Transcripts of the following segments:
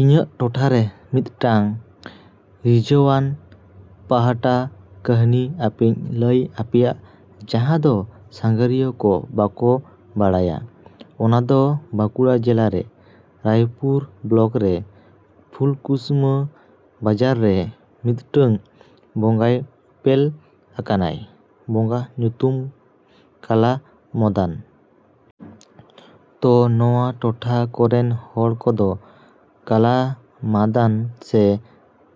‎ᱤᱧᱟᱹᱜ ᱴᱚᱴᱷᱟ ᱨᱮ ᱢᱤᱫᱴᱟᱝ ᱨᱤᱡᱷᱟᱹᱣᱟᱱ ᱯᱟᱦᱴᱟ ᱠᱟᱹᱦᱱᱤ ᱟᱯᱮᱧ ᱞᱟᱹᱭ ᱟᱯᱮᱭᱟ, ᱡᱟᱦᱟᱸ ᱫᱚ ᱥᱟᱸᱜᱷᱟᱨᱤᱭᱟᱹ ᱠᱚ ᱵᱟᱠᱚ ᱵᱟᱲᱟᱭᱟ ᱚᱱᱟ ᱫᱚ ᱵᱟᱸᱠᱩᱲᱟ ᱡᱮᱞᱟ ᱨᱮ, ᱨᱟᱭᱯᱩᱨ ᱵᱞᱚᱠ ᱨᱮ, ᱯᱷᱩᱞᱠᱩᱥᱢᱟᱹ ᱵᱟᱡᱟᱨ ᱨᱮ ᱢᱤᱫᱴᱟᱹᱝ ᱵᱚᱸᱜᱟᱭ ᱩᱯᱮᱞ ᱟᱠᱟᱱᱟᱭ᱾ ᱵᱚᱸᱜᱟ ᱧᱩᱛᱩᱢ ᱠᱟᱞᱟ ᱢᱚᱫᱟᱱ᱾ ᱛᱚ ᱱᱚᱣᱟ ᱴᱚᱴᱷᱟ ᱠᱚᱨᱮᱱ ᱦᱚᱲ ᱠᱚᱫᱚ ᱠᱟᱞᱟ ᱢᱟᱫᱟᱱ ᱥᱮ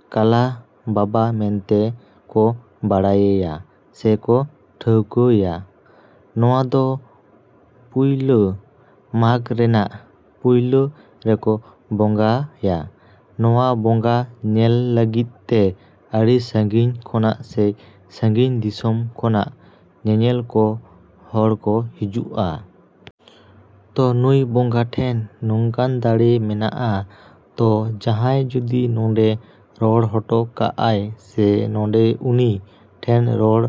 ᱠᱟᱞᱟ ᱵᱟᱵᱟ ᱢᱮᱱᱛᱮ ᱠᱚ ᱵᱟᱲᱟᱭᱮᱭᱟ ᱥᱮ ᱠᱚ ᱴᱷᱟᱹᱣᱠᱟᱹᱭᱟ᱾ ᱱᱚᱣᱟ ᱫᱚ ᱯᱩᱭᱞᱟᱹ ᱢᱟᱜᱽ ᱨᱮᱱᱟᱜ ᱯᱩᱭᱞᱟᱹ ᱨᱮᱠᱚ ᱵᱚᱸᱜᱟᱭᱟ ᱱᱚᱣᱟ ᱵᱚᱸᱜᱟ ᱧᱮᱞ ᱞᱟᱹᱜᱤᱫ ᱛᱮ ᱟᱹᱰᱤ ᱥᱟᱺᱜᱤᱧ ᱠᱷᱚᱱᱟᱜ ᱥᱮ ᱥᱟᱺᱜᱤᱧ ᱫᱤᱥᱚᱢ ᱠᱷᱚᱱᱟᱜ ᱧᱮᱧᱮᱞ ᱠᱚ ᱦᱚᱲ ᱠᱚ ᱦᱤᱡᱩᱜᱼᱟ᱾ ᱛᱚ ᱱᱩᱭ ᱵᱚᱸᱜᱟ ᱴᱷᱮᱱ ᱱᱚᱝᱠᱟᱱ ᱫᱟᱲᱮ ᱢᱮᱱᱟᱜᱼᱟ ᱛᱚ ᱡᱟᱦᱟᱸᱭ ᱡᱩᱫᱤ ᱱᱚᱸᱰᱮ ᱨᱚᱲ ᱦᱚᱴᱚ ᱠᱟᱜᱼᱟᱭ ᱥᱮ ᱱᱚᱸᱰᱮ ᱩᱱᱤ ᱴᱷᱮᱱ ᱨᱚᱲ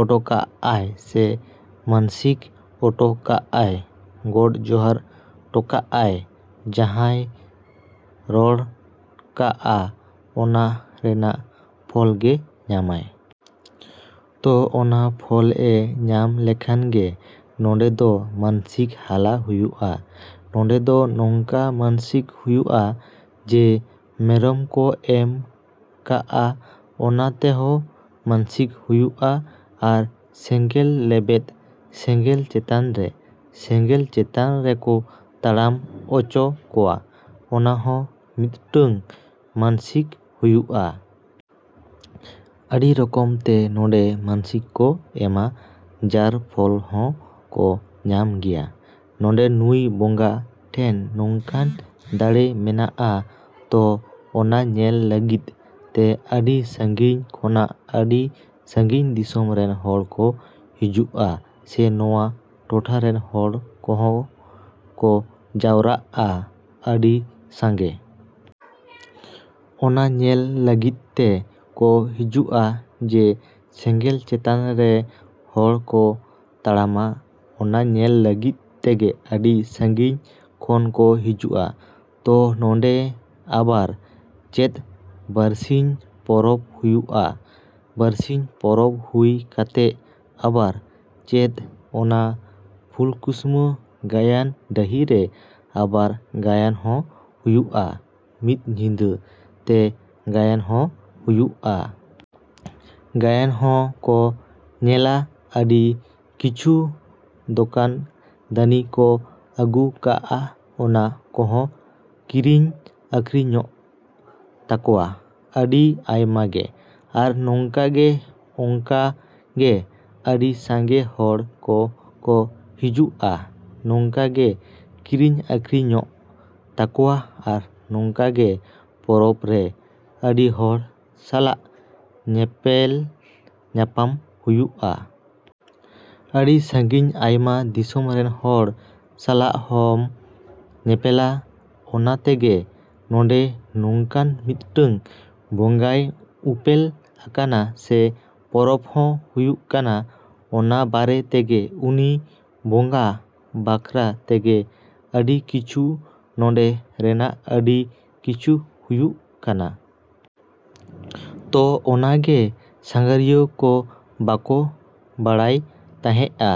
ᱚᱴᱚᱠᱟᱜᱼᱟᱭ ᱥᱮ ᱢᱟᱹᱱᱥᱤᱠ ᱚᱴᱚᱠᱟᱜᱼᱟᱭ, ᱜᱚᱰ ᱡᱚᱦᱟᱨ ᱴᱚᱠᱟᱜᱼᱟᱭ, ᱡᱟᱦᱟᱸᱭ ᱨᱚᱲ ᱠᱟᱜᱼᱟ ᱚᱱᱟ ᱨᱮᱱᱟᱜ ᱯᱷᱚᱞ ᱜᱮ ᱧᱟᱢᱟᱭ᱾ ᱛᱚ ᱚᱱᱟ ᱯᱷᱚᱞ ᱮ ᱧᱟᱢ ᱞᱮᱠᱷᱟᱱ ᱜᱮ ᱱᱚᱸᱰᱮ ᱫᱚ ᱢᱟᱹᱱᱥᱤᱠ ᱦᱟᱞᱟ ᱦᱩᱭᱩᱜᱼᱟ᱾ ᱱᱚᱸᱰᱮ ᱫᱚ ᱱᱚᱝᱠᱟ ᱢᱟᱹᱱᱥᱤᱠ ᱦᱩᱭᱩᱜᱼᱟ ᱡᱮ ᱢᱮᱨᱚᱢ ᱠᱚ ᱮᱢ ᱠᱟᱜᱼᱟ, ᱚᱱᱟ ᱛᱮᱦᱚᱸ ᱢᱟᱹᱱᱥᱤᱠ ᱦᱩᱭᱩᱜᱼᱟ ᱟᱨ ᱥᱮᱸᱜᱮᱞ ᱞᱮᱵᱮᱫ, ᱥᱮᱸᱜᱮᱞ ᱪᱮᱛᱟᱱ ᱨᱮ, ᱥᱮᱸᱜᱮᱞ ᱪᱮᱛᱟᱱ ᱨᱮᱠᱚ ᱛᱟᱲᱟᱢ ᱚᱪᱚ ᱠᱚᱣᱟ, ᱚᱱᱟ ᱦᱚᱸ ᱢᱤᱫᱴᱟᱹᱝ ᱢᱟᱹᱱᱥᱤᱠ ᱦᱩᱭᱩᱜᱼᱟ᱾ ᱟᱹᱰᱤ ᱨᱚᱠᱚᱢ ᱛᱮ ᱱᱚᱸᱰᱮ ᱢᱟᱹᱱᱥᱤᱠ ᱠᱚ ᱮᱢᱟ ᱡᱟᱨ ᱯᱷᱚᱞ ᱦᱚᱸ ᱠᱚ ᱧᱟᱢ ᱜᱮᱭᱟ᱾ ᱱᱚᱸᱰᱮ ᱱᱩᱭ ᱵᱚᱸᱜᱟ ᱴᱷᱮᱱ ᱱᱚᱝᱠᱟᱱ ᱫᱟᱲᱮ ᱢᱮᱱᱟᱜᱼᱟ ᱛᱚ ᱚᱱᱟ ᱧᱮᱞ ᱞᱟᱹᱜᱤᱫ ᱛᱮ ᱟᱹᱰᱤ ᱥᱟᱺᱜᱤᱧ ᱠᱷᱚᱱᱟᱜ ᱟᱹᱰᱤ ᱥᱟᱺᱜᱤᱧ ᱫᱤᱥᱚᱢ ᱨᱮᱱ ᱦᱚᱲ ᱠᱚ ᱦᱤᱡᱩᱜᱼᱟ ᱥᱮ ᱱᱚᱣᱟ ᱴᱚᱴᱷᱟ ᱨᱮᱱ ᱦᱚᱲ ᱠᱚᱦᱚᱸ ᱠᱚ ᱡᱟᱣᱨᱟᱜᱼᱟ ᱟᱹᱰᱤ ᱥᱟᱸᱜᱮ᱾ ᱚᱱᱟ ᱧᱮᱞ ᱞᱟᱹᱜᱤᱫ ᱛᱮ ᱠᱚ ᱦᱤᱡᱩᱜᱼᱟ ᱡᱮ ᱥᱮᱸᱜᱮᱞ ᱪᱮᱛᱟᱱ ᱨᱮ ᱦᱚᱲ ᱠᱚ ᱛᱟᱲᱟᱢᱟ, ᱚᱱᱟ ᱧᱮᱞ ᱞᱟᱹᱜᱤᱫ ᱛᱮᱜᱮ ᱟᱹᱰᱤ ᱥᱟᱺᱜᱤᱧ ᱠᱷᱚᱱ ᱠᱚ ᱦᱤᱡᱩᱜᱼᱟ᱾ ᱛᱚ ᱱᱚᱸᱰᱮ ᱟᱵᱟᱨ ᱪᱮᱫ ᱵᱟᱹᱨᱥᱤᱧ ᱯᱚᱨᱚᱵᱽ ᱦᱩᱭᱩᱜᱼᱟ᱾ ᱵᱟᱹᱨᱥᱤᱧ ᱯᱚᱨᱚᱵᱽ ᱦᱩᱭ ᱠᱟᱛᱮᱜ ᱟᱵᱟᱨ ᱪᱮᱫ ᱚᱱᱟ ᱯᱷᱩᱞᱠᱩᱥᱢᱟᱹ ᱜᱟᱭᱟᱱ ᱵᱟᱹᱦᱤ ᱨᱮ ᱟᱵᱟᱨ ᱜᱟᱭᱟᱱ ᱦᱚᱸ ᱦᱩᱭᱩᱜᱼᱟ, ᱢᱤᱫ ᱧᱤᱫᱟᱹ ᱛᱮ ᱜᱟᱭᱟᱱ ᱦᱚᱸ ᱦᱩᱭᱩᱜᱼᱟ᱾ ᱜᱟᱭᱟᱱ ᱦᱚᱸ ᱠᱚ ᱧᱮᱞᱟ᱾ ᱟᱹᱰᱤ ᱠᱤᱪᱷᱩ ᱫᱚᱠᱟᱱ ᱫᱟᱹᱱᱤ ᱠᱚ ᱟᱹᱜᱩ ᱠᱟᱜᱼᱟ, ᱚᱱᱟ ᱠᱚᱦᱚᱸ ᱠᱤᱨᱤᱧ ᱟᱹᱠᱷᱨᱤᱧᱚᱜ ᱛᱟᱠᱚᱣᱟ ᱟᱹᱰᱤ ᱟᱭᱢᱟ ᱜᱮ᱾ ᱟᱨ ᱱᱚᱝᱠᱟ ᱜᱮ ᱚᱝᱠᱟ ᱜᱮ ᱟᱹᱰᱤ ᱥᱟᱸᱜᱮ ᱦᱚᱲ ᱠᱚ ᱠᱚ ᱦᱤᱡᱩᱜᱼᱟ, ᱱᱚᱝᱠᱟ ᱜᱮ ᱠᱤᱨᱤᱧ ᱟᱠᱷᱨᱤᱧᱚᱜ ᱛᱟᱠᱚᱣᱟ ᱟᱨ ᱱᱚᱝᱠᱟ ᱜᱮ ᱯᱚᱨᱚᱵᱽ ᱨᱮ ᱟᱹᱰᱤ ᱦᱚᱲ ᱥᱟᱞᱟᱜ ᱧᱮᱯᱮᱞ ᱧᱟᱸᱯᱟᱢ ᱦᱩᱭᱩᱜᱼᱟ᱾ ᱟᱹᱰᱤ ᱥᱟᱺᱜᱤᱧ ᱟᱭᱢᱟ ᱫᱤᱥᱚᱢ ᱨᱮᱱ ᱦᱚᱲ ᱥᱟᱞᱟᱜ ᱦᱚᱢ ᱧᱮᱯᱮᱞᱟ᱾ ᱚᱱᱟᱛᱮᱜᱮ ᱱᱚᱸᱰᱮ ᱱᱚᱝᱠᱟᱱ ᱢᱤᱫᱴᱟᱹᱝ ᱵᱚᱸᱜᱟᱭ ᱩᱯᱮᱞ ᱟᱠᱟᱱᱟ ᱥᱮ ᱯᱚᱨᱚᱵᱽ ᱦᱚᱸ ᱦᱩᱭᱩᱜ ᱠᱟᱱᱟ᱾ ᱚᱱᱟ ᱵᱟᱨᱮ ᱛᱮᱜᱮ ᱩᱱᱤ ᱵᱚᱸᱜᱟ ᱵᱟᱠᱷᱨᱟ ᱛᱮᱜᱮ ᱟᱹᱰᱤ ᱠᱤᱪᱷᱩ ᱱᱚᱸᱰᱮ ᱨᱮᱱᱟᱜ ᱟᱹᱰᱤ ᱠᱤᱪᱷᱩ ᱦᱩᱭᱩᱜ ᱠᱟᱱᱟ᱾ ᱛᱚ ᱚᱱᱟ ᱜᱮ ᱥᱟᱸᱜᱷᱟᱨᱤᱭᱟᱹ ᱠᱚ ᱵᱟᱠᱚ ᱵᱟᱲᱟᱭ ᱛᱟᱦᱮᱸᱜᱼᱟ᱾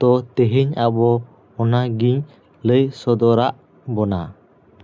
ᱛᱚ ᱛᱮᱦᱮᱧ ᱟᱵᱚ ᱚᱱᱟ ᱜᱤᱧ ᱞᱟᱹᱭ ᱥᱚᱫᱚᱨᱟᱜ ᱵᱚᱱᱟ।